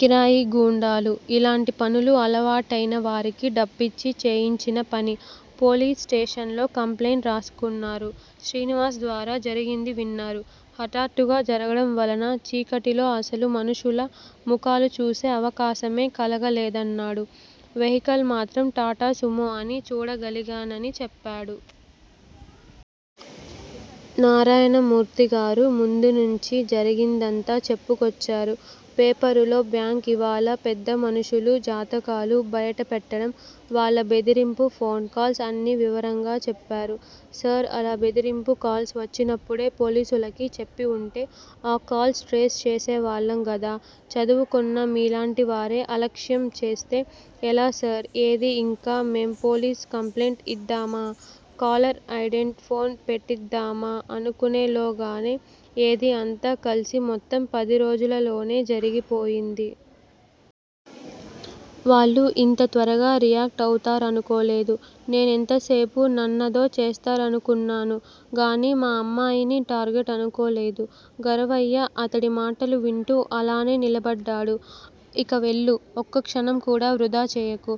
కిరాయిగూండాలు, ఇలాంటి పనులు అలవాటైన వారికి డబ్బిచ్చి చేయించిన పని. పోలీస్ స్టేషన్ లో కంప్లయింట్ రాసుకున్నారు. శ్రీనివాస్ ద్వారా జరిగింది విన్నారు. హఠాత్తుగా జరగడం వలన చీకటిలో అసలు మనుషుల ముఖాలు చూసే అవకాశమే కలగలేదన్నాడు. వెహికల్ మాత్రం టాటాసుమో అని చూడగలిగానని చెప్పాడు. నారాయణమూర్తిగారు ముందునించి జరిగిందంతా చెప్పుకొచ్చారు. పేపరులో బ్యాంక్ ఇవాళా, పెద్దమనుషుల జాతకాలు బయటపెట్టడం, వాళ్ళ బెదిరింపు ఫోన్ కాల్స్, అన్నీ వివరంగా చెప్పారు. సార్, అలా బెదిరింపు కాల్స్ వచ్చినప్పుడే పోలీసులకి చెప్పివుంటే ఆ కాల్స్ ట్రేస్ చేసేవాళ్ళం గదా చదువుకున్న మీలాంటివారే అలక్ష్యం చేస్తే ఎలా సార్ ఏదీ ఇంకా మేం పోలీస్ కంప్లైంట్ ఇద్దామా, కాలర్ ఐడెంటి ఫోన్ పెట్టిద్దామా అనుకునేలోగానే ఏదీ అంతా కల్సి మొత్తం పదిరోజులలోనే జరిగిపోయింది. వాళ్ళు ఇంత త్వరగా రియాక్ట్ అవుతారనుకోలేదు. నేను ఎంతసేపూ నన్నదో చేస్తారనుకున్నాను గాని మా అమ్మాయిని టార్గెట్ అనుకోలేదు. గరవయ్య అతడి మాటలు వింటూ అలానే నిలబడ్డాడు. ఇక వెళ్ళు. ఒక్క క్షణం కూడా వృధా చేయకు.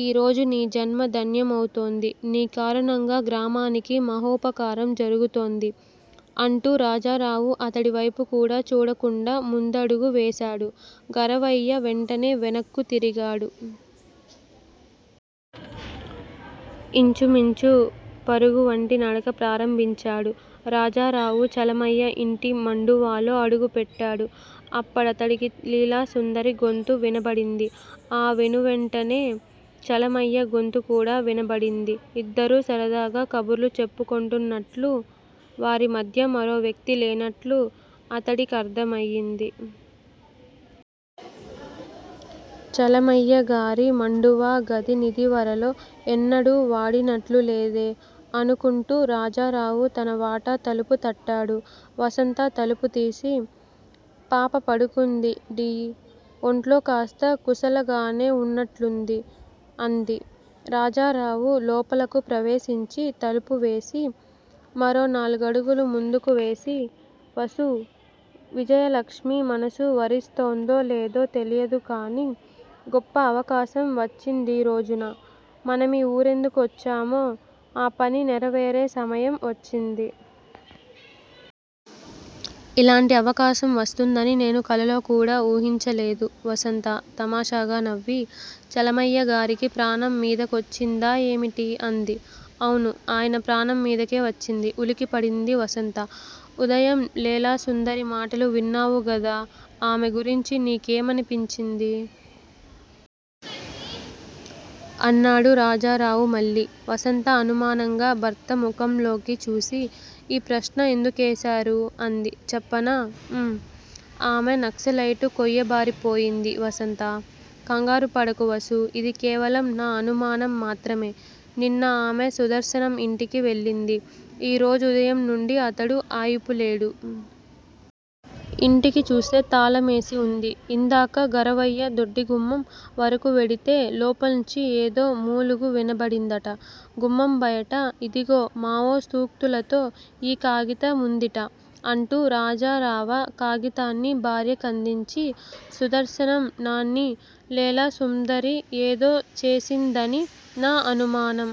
ఈ రోజు నీ జన్మ ధన్యమవుతోంది. నీ కారణంగా గ్రామానికి మహోపకారం జరిగుతోంది __ అంటూ రాజారావు అతడి వైపు కూడా చూడకుండా ముందడుగు వేశాడు గరవయ్య వెంటనే వెనక్కు తిరిగాడు. ఇంచుమించు పరుగువంటి నడక ప్రారంభించాడు. రాజారావు చలమయ్య ఇంటి మండువాలో అడుగు పెట్టాడు. అప్పడతడికి లీలాసుందరి గొంతు వినబడింది. ఆ వెనువెంటనే చలమయ్య గొంతు కూడా వినబడింది. ఇద్దరూ సరదాగా కబుర్లు చెప్పుకుంటున్నట్లూ __ వారి మధ్య మరో వ్యక్తి లేనట్లూ _ అతడి కర్దమయింది. చలమయ్యగారీ మండువా గది నిదివరలో ఎన్నడూ వాడినట్లు లేదే __ అనుకుంటూ రాజారావు తన వాటా తలుపు తట్టాడు. వసంత తలుపు తీసి __ పాపా పడుకుంద డీ __ ఒంట్లో కాస్త కులసగానే ఉన్నట్లుంది __ అంది. రాజారావు లోపలకు ప్రవేశించి తలుపు వేసి _ మరో నాలుగుడుగులు ముందుకువేసి __ వసూ _ విజయలక్ష్మి మనసు వరిస్తుందో లేదో తెలియదు కానీ __ గొప్ప అవకాశం వాచ్చిందీరోజున మనమీ ఊరికెందు కొచ్చామో _ ఆ పని నెరవేరే సమయం వచ్చింది. ఇలాంటి అవకాశం వస్తుందని నేను కలలో కూడా ఊహించలేదు వసంత తమాషాగా నవ్వి __ చలమయ్యగారికి ప్రాణం మీదకొచ్చి దా ఏమిటి? ' అంది. అవును _ అయన ప్రాణం మీదకే వచ్చింది ఉలిక్కిపడింది వసంత. ఉఅదయం లేలాసుందరి మాటలు విన్నావుగదా __ ఆమె గురించి నీ కేమనిపించింది? ' అన్నాడు రాజారావు మళ్ళీ. వసంత అనుమానంగా భర్త ముకహ్మ్లోకి చూసి __ ఈ ప్రశ్న ఎందుకేశారు? అంది. చెప్పనా? ఊం. ఆమె నక్సలైటు కొయ్యబారిపోయింది వసంత. కంగారుపడకు వసూ! ఇది కేవలం న అనుమానం మాత్రమె నిన్న ఆమె సుదర్శనం ఇంటికి వెళ్ళింది. ఈ రోజుదయం నుండీ అతడు అయిపులేడు. ఇంటికిచూస్తే తాళమేసి ఉంది. ఇందాకా గరవయ్య దొడ్డిగుమ్మం. వరకూ వెడితే _ లోపల్నుంచి ఏదో మూలుగు వినబడిందట. గుమ్మం బయట _ ఇదిగో _ మావో సూక్తులతో ఈ కాగితముందిట _ అంటూ రాజరావా కాగితాన్ని భార్య కదించి __ సుదర్శనం నాన్ని లేలాసుమ్దరి ఏదో చేసిందని నా అనుమానం.